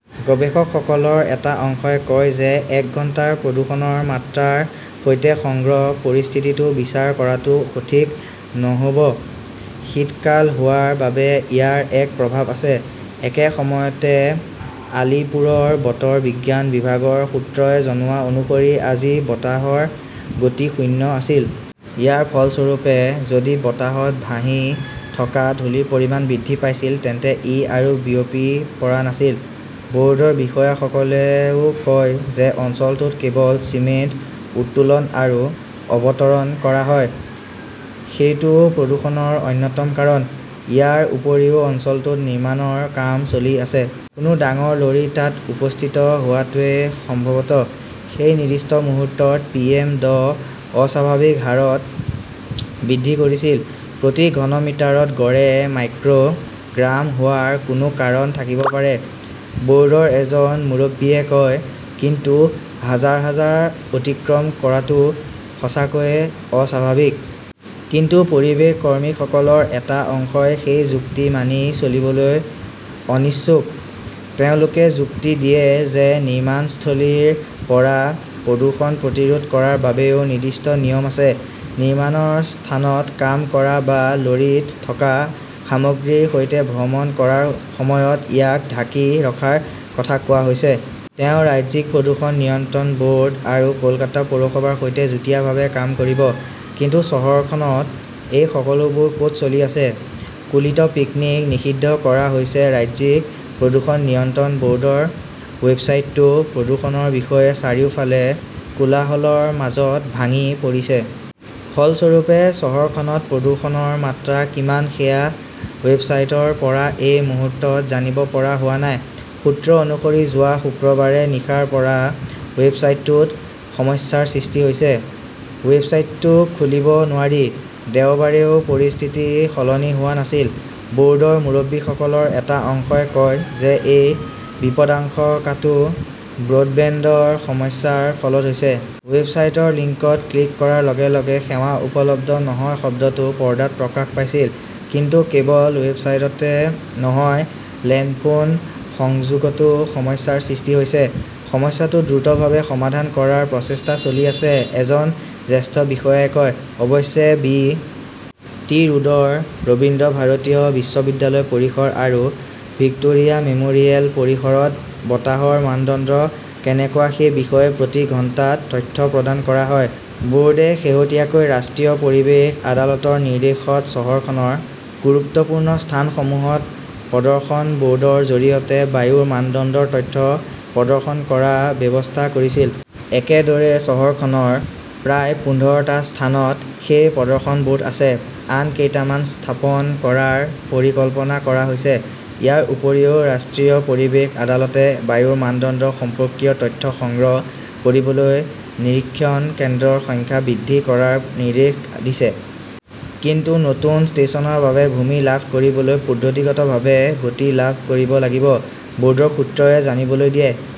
গৱেষকসকলৰ এটা অংশই কয় যে এক ঘণ্টাৰ প্ৰদূষণৰ মাত্ৰাৰ সৈতে সমগ্ৰ পৰিস্থিতিটো বিচাৰ কৰাটো সঠিক নহ 'ব। শীতকাল হোৱাৰ বাবে ইয়াৰ এক প্ৰভাৱ আছে। একে সময়তে, আলীপুৰৰ বতৰ বিজ্ঞান বিভাগৰ সূত্ৰই জনোৱা অনুসৰি আজি বতাহৰ গতি শূন্য আছিল। ইয়াৰ ফলস্বৰূপে যদি বতাহত ভাহি থকা ধূলিৰ পৰিমাণ বৃদ্ধি পাইছিল, তেন্তে ই আৰু বিয়পি পৰা নাছিল। ব'ৰ্ডৰ বিষয়াসকলেও কয় যে অঞ্চলটোত কেৱল চিমেণ্ট উত্তোলন আৰু অৱতৰণ কৰা হয়। সেইটোও প্ৰদূষণৰ অন্যতম কাৰণ। ইয়াৰ উপৰিও অঞ্চলটোত নিৰ্মাণৰ কাম চলি আছে। কোনো ডাঙৰ লৰী তাত উপস্থিত হোৱাটোৱে সম্ভৱতঃ সেই নিৰ্দিষ্ট মুহূৰ্তত পিএম দহ অস্বাভাৱিক হাৰত বৃদ্ধি কৰিছিল। প্ৰতি ঘনমিটাৰত গড়ে মাইক্ৰ" গ্ৰাম হোৱাৰ কোনো কাৰণ থাকিব পাৰে, ব'ৰ্ডৰ এজন মুৰব্বীয়ে কয়। কিন্তু হাজাৰ হাজাৰ অতিক্ৰম কৰাটো সঁচাকৈয়ে অস্বাভাৱিক। কিন্তু পৰিৱেশ কৰ্মীসকলৰ এটা অংশই সেই যুক্তি মানি চলিবলৈ অনিচ্ছুক। তেওঁলোকে যুক্তি দিয়ে যে নিৰ্মাণস্থলীৰ পৰা প্ৰদূষণ প্ৰতিৰোধ কৰাৰ বাবেও নিৰ্দিষ্ট নিয়ম আছে। নিৰ্মাণৰ স্থানত কাম কৰা বা লৰীত থকা সামগ্ৰীৰ সৈতে ভ্ৰমণ কৰাৰ সময়ত ইয়াক ঢাকি ৰখাৰ কথা কোৱা হৈছে। তেওঁ ৰাজ্যিক প্ৰদূষণ নিয়ন্ত্ৰণ ব'ৰ্ড আৰু কলকাতা পৌৰসভাৰ সৈতে যুটীয়াভাৱে কাম কৰিব। কিন্তু চহৰখনত এই সকলোবোৰ ক'ত চলি আছে? কুলীত পিকনিক নিষিদ্ধ কৰা হৈছে ৰাজ্যিক প্ৰদূষণ নিয়ন্ত্ৰণ ব'ৰ্ডৰ ৱেবছাইটটো প্ৰদূষণৰ বিষয়ে চাৰিওফালে কোলাহলৰ মাজত ভাঙি পৰিছে! ফলস্বৰূপে, চহৰখনত প্ৰদূষণৰ মাত্ৰা কিমান সেয়া ৱেবছাইটৰ পৰা এই মুহূৰ্তত জানিব পৰা হোৱা নাই। সূত্ৰ অনুসৰি যোৱা শুক্ৰবাৰে নিশাৰ পৰা ৱেবছাইটটোত সমস্যাৰ সৃষ্টি হৈছে। ৱেবছাইটটো খুলিব নোৱাৰি। দেওবাৰেও পৰিস্থিতি সলনি হোৱা নাছিল। ব'ৰ্ডৰ মুৰব্বীসকলৰ এটা অংশই কয় যে এই বিপদাশংকাটো ব্ৰডবেণ্ডৰ সমস্যাৰ ফলত হৈছে। ৱেবছাইটৰ লিংকত ক্লিক কৰাৰ লগে লগে 'সেৱা উপলব্ধ নহয়'শব্দটো পৰ্দাত প্ৰকাশ পাইছিল। কিন্তু কেৱল ৱেবছাইটতে নহয়, লেণ্ডফোন সংযোগতো সমস্যাৰ সৃষ্টি হৈছে। সমস্যাটো দ্ৰুতভাৱে সমাধান কৰাৰ প্ৰচেষ্টা চলি আছে, এজন জ্যেষ্ঠ বিষয়াই কয়। অৱশ্যে, বি. টি. ৰোডৰ ৰবীন্দ্ৰভাৰতী বিশ্ববিদ্যালয় পৰিসৰ আৰু ভিক্টোৰিয়া মেম'ৰিয়েল পৰিসৰত বতাহৰ মানদণ্ড কেনেকুৱা সেই বিষয়ে প্ৰতি ঘণ্টাত তথ্য প্ৰদান কৰা হয়। ব'ৰ্ডে শেহতীয়াকৈ ৰাষ্ট্ৰীয় পৰিৱেশ আদালতৰ নিৰ্দেশত চহৰখনৰ গুৰুত্বপূৰ্ণ স্থানসমূহত প্ৰদৰ্শন ব'ৰ্ড ৰ জৰিয়তে বায়ুৰ মানদণ্ডৰ তথ্য প্ৰদৰ্শন কৰাৰ ব্যৱস্থা কৰিছিল। একেদৰে, চহৰখনৰ প্ৰায় পোন্ধৰ টা স্থানত সেই 'প্ৰদৰ্শন ব'ৰ্ড' আছে। আন কেইটামান স্থাপন কৰাৰ পৰিকল্পনা কৰা হৈছে। ইয়াৰ উপৰিও ৰাষ্ট্ৰীয় পৰিৱেশ আদালতে বায়ুৰ মানদণ্ড সম্পৰ্কীয় তথ্য সংগ্ৰহ কৰিবলৈ নিৰীক্ষণ কেন্দ্ৰৰ সংখ্যা বৃদ্ধি কৰাৰ নিৰ্দেশ দিছে। কিন্তু নতুন ষ্টেচনৰ বাবে ভূমি লাভ কৰিবলৈ পদ্ধতিগতভাৱে গতি লাভ কৰিব লাগিব, ব'ৰ্ডৰ সূত্ৰই জানিবলৈ দিয়ে।